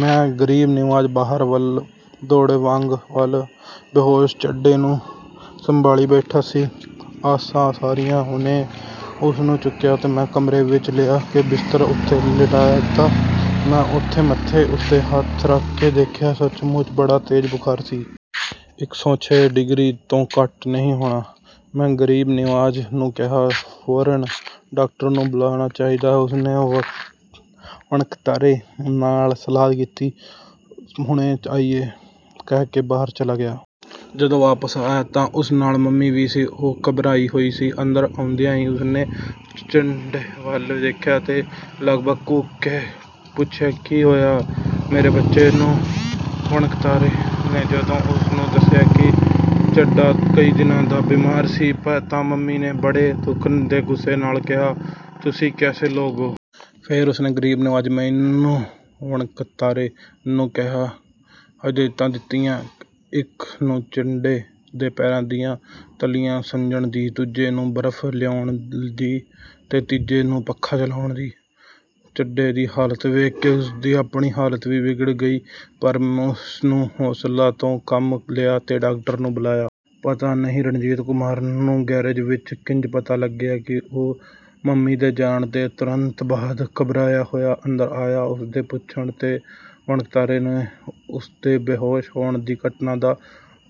ਮੈਂ ਤੇ ਗਰੀਬ ਨਿਵਾਜ ਬਾਹਰ ਵੱਲ ਦੌੜੇ। ਤਾਂਗੇ ਵਾਲਾ ਬੇਹੋਸ਼ ਚੱਡੇ ਨੂੰ ਸੰਭਾਲੀ ਬੈਠਾ ਸੀ। ਅਸਾਂ ਸਾਰਿਆਂ ਨੇ ਉਸਨੂੰ ਚੁੱਕਿਆ ਤੇ ਕਮਰੇ ਵਿਚ ਲਿਆ ਕੇ ਬਿਸਤਰੇ ਉੱਤੇ ਲਿਟਾਅ ਦਿੱਤਾ। ਮੈਂ ਉਸਦੇ ਮੱਥੇ ਉੱਤੇ ਹੱਥ ਰੱਖ ਕੇ ਦੇਖਿਆ, ਸੱਚਮੁੱਚ ਬੜਾ ਤੇਜ਼ ਬੁਖ਼ਾਰ ਸੀ। ਇਕ ਸੌ ਛੇ ਡਿਗਰੀ ਤੋਂ ਘੱਟ ਨਹੀਂ ਹੋਣਾ। ਮੈਂ ਗਰੀਬ ਨਿਵਾਜ ਨੂੰ ਕਿਹਾ, "ਫੌਰਨ ਡਾਕਟਰ ਨੂੰ ਬੁਲਾਉਣਾ ਚਾਹੀਦਾ ਏ। " ਉਸਨੇ ਵਣਕਤਰੇ ਨਾਲ ਸਲਾਹ ਕੀਤੀ ਤੇ 'ਹੁਣੇ ਆਇਆ' ਕਹਿ ਕੇ ਬਾਹਰ ਚਲਾ ਗਿਆ। ਜਦੋਂ ਵਾਪਸ ਆਇਆ ਤਾਂ ਉਸ ਨਾਲ ਮੰਮੀ ਵੀ ਸੀ। ਉਹ ਘਬਰਾਈ ਹੋਈ ਸੀ। ਅੰਦਰ ਆਉਂਦਿਆਂ ਹੀ ਉਸਨੇ ਚੱਡੇ ਵੱਲ ਦੇਖਿਆ ਤੇ ਲਗਭਗ ਕੂਕ ਕੇ ਪੁੱਛਿਆ, "ਕੀ ਹੋਇਆ ਏ, ਮੇਰੇ ਬੱਚੇ ਨੂੰ? " ਵਣਕਤਰੇ ਨੇ ਜਦੋਂ ਉਸਨੂੰ ਦੱਸਿਆ ਕਿ ਚੱਡਾ ਕਈ ਦਿਨਾਂ ਦਾ ਬਿਮਾਰ ਸੀ ਤਾਂ ਮੰਮੀ ਨੇ ਬੜੇ ਦੁੱਖ ਤੇ ਗੁੱਸੇ ਨਾਲ ਕਿਹਾ, "ਤੁਸੀਂ ਕੈਸੇ ਲੋਗ ਓ—ਮੈਨੂੰ ਖ਼ਬਰ ਕਿਉਂ ਨਹੀਂ ਕੀਤੀ? " ਫੇਰ ਉਸਨੇ ਗਰੀਬ ਨਿਵਾਜ਼, ਮੈਨੂੰ ਤੇ ਵਣਕਤਰੇ ਨੂੰ ਕਈ ਹਦਾਇਤਾਂ ਦਿੱਤੀਆਂ। ਇਕ ਨੂੰ ਚੱਡੇ ਦੇ ਪੈਰਾਂ ਦੀਆਂ ਤਲੀਆਂ ਝੱਸਣ ਦੀ, ਦੂਜੇ ਨੂੰ ਬਰਫ ਲਿਆਉਣ ਦੀ ਤੇ ਤੀਜੇ ਨੂੰ ਪੱਖਾ ਝੱਲਣ ਦੀ। ਚੱਡੇ ਦੀ ਹਾਲਤ ਵੇਖ ਕੇ ਉਸਦੀ ਆਪਣੀ ਹਾਲਤ ਵੀ ਵਿਗੜ ਗਈ ਸੀ, ਪਰ ਉਸਨੇ ਹੌਸਲੇ ਤੋਂ ਕੰਮ ਲਿਆ ਤੇ ਡਾਕਟਰ ਨੂੰ ਬੁਲਾਉਣ ਚਲੀ ਗਈ। ਪਤਾ ਨਹੀਂ ਰਣਜੀਤ ਕੁਮਾਰ ਨੂੰ ਗੈਰੇਜ ਵਿਚ ਕਿੰਜ ਪਤਾ ਲੱਗਿਆ। ਉਹ ਮੰਮੀ ਦੇ ਜਾਣ ਦੇ ਤੁਰੰਤ ਬਾਅਦ ਘਬਰਾਇਆ ਹੋਇਆ ਅੰਦਰ ਆਇਆ। ਉਸਦੇ ਪੁੱਛਣ 'ਤੇ ਵਣਕਤਰੇ ਨੇ ਉਸਦੇ ਬੇਹੋਸ਼ ਹੋਣ ਦੀ ਘਟਨਾ ਦਾ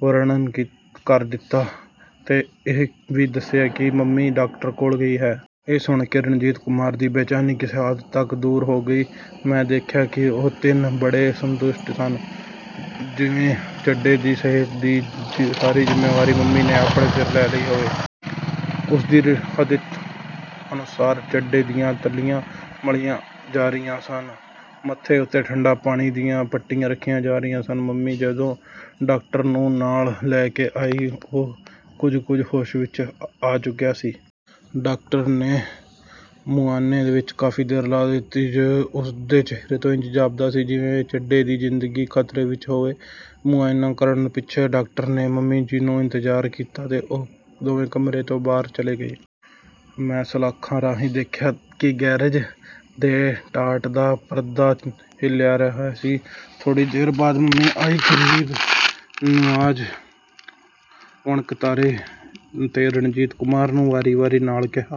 ਵਰਨਣ ਕਰ ਦਿੱਤਾ ਤੇ ਇਹ ਵੀ ਦੱਸਿਆ ਕਿ ਮੰਮੀ ਡਾਕਟਰ ਕੋਲ ਗਈ ਹੈ। ਇਹ ਸੁਣ ਕੇ ਰਣਜੀਤ ਕੁਮਾਰ ਦੀ ਬੇਚੈਨੀ ਕਿਸੇ ਹੱਦ ਤਕ ਦੂਰ ਹੋ ਗਈ। ਮੈਂ ਦੇਖਿਆ ਕਿ ਉਹ ਤਿੰਨੇ ਬੜੇ ਸੰਤੁਸ਼ਟ ਸਨ, ਜਿਵੇਂ ਚੱਡੇ ਦੀ ਸਿਹਤ ਦੀ ਸਾਰੀ ਜ਼ਿੰਮੇਵਾਰੀ ਮੰਮੀ ਨੇ ਆਪਣੇ ਸਿਰ ਲੈ ਲਈ ਹੋਵੇ। ਉਸਦੀ ਹਦਾਇਤ ਅਨੁਸਾਰ ਚੱਡੇ ਦੀਆਂ ਤਲੀਆਂ ਮਲੀਆਂ ਜਾ ਰਹੀਆਂ ਸਨ, ਮੱਥੇ ਉੱਤੇ ਠੰਡੇ ਪਾਣੀ ਦੀਆਂ ਪੱਟੀਆਂ ਰੱਖੀਆਂ ਜਾ ਰਹੀਆਂ ਸਨ। ਮੰਮੀ ਜਦੋਂ ਡਾਕਟਰ ਨੂੰ ਨਾਲ ਲੈ ਕੇ ਆਈ, ਉਹ, ਕੁਝ ਕੁਝ ਹੋਸ਼ ਵਿਚ ਆ ਚੁੱਕਿਆ ਸੀ। ਡਾਕਟਰ ਨੇ ਮੁਆਨੇ ਵਿਚ ਕਾਫੀ ਦੇਰ ਲਾ ਦਿੱਤੀ। ਉਸਦੇ ਚਿਹਰੇ ਤੋਂ ਇੰਜ ਜਾਪਦਾ ਸੀ ਜਿਵੇਂ ਚੱਡੇ ਦੀ ਜ਼ਿੰਦਗੀ ਖਤਰੇ ਵਿਚ ਹੈ। ਮੁਆਇਨਾਂ ਕਰਨ ਪਿੱਛੋਂ ਡਾਕਟਰ ਨੇ ਮੰਮੀ ਨੂੰ ਇਸ਼ਾਰਾ ਕੀਤਾ ਤੇ ਉਹ ਦੋਵੇਂ ਕਮਰੇ 'ਚੋਂ ਬਾਹਰ ਚਲੇ ਗਏ। ਮੈਂ ਸਲਾਖਾਂ ਰਾਹੀਂ ਦੇਖਿਆ ਕਿ ਗੈਰੇਜ ਦੇ ਟਾਟ ਦਾ ਪਰਦਾ ਹਿੱਲ ਰਿਹਾ ਸੀ। ਥੋੜ੍ਹੀ ਦੇਰ ਬਾਅਦ ਮੰਮੀ ਆਈ। ਗਰੀਬ ਨਿਵਾਜ਼, ਵਣਕਤਰੇ ਤੇ ਰਣਜੀਤ ਕੁਮਾਰ ਨੂੰ ਵਾਰੀ-ਵਾਰੀ ਨਾਲ ਕਿਹਾ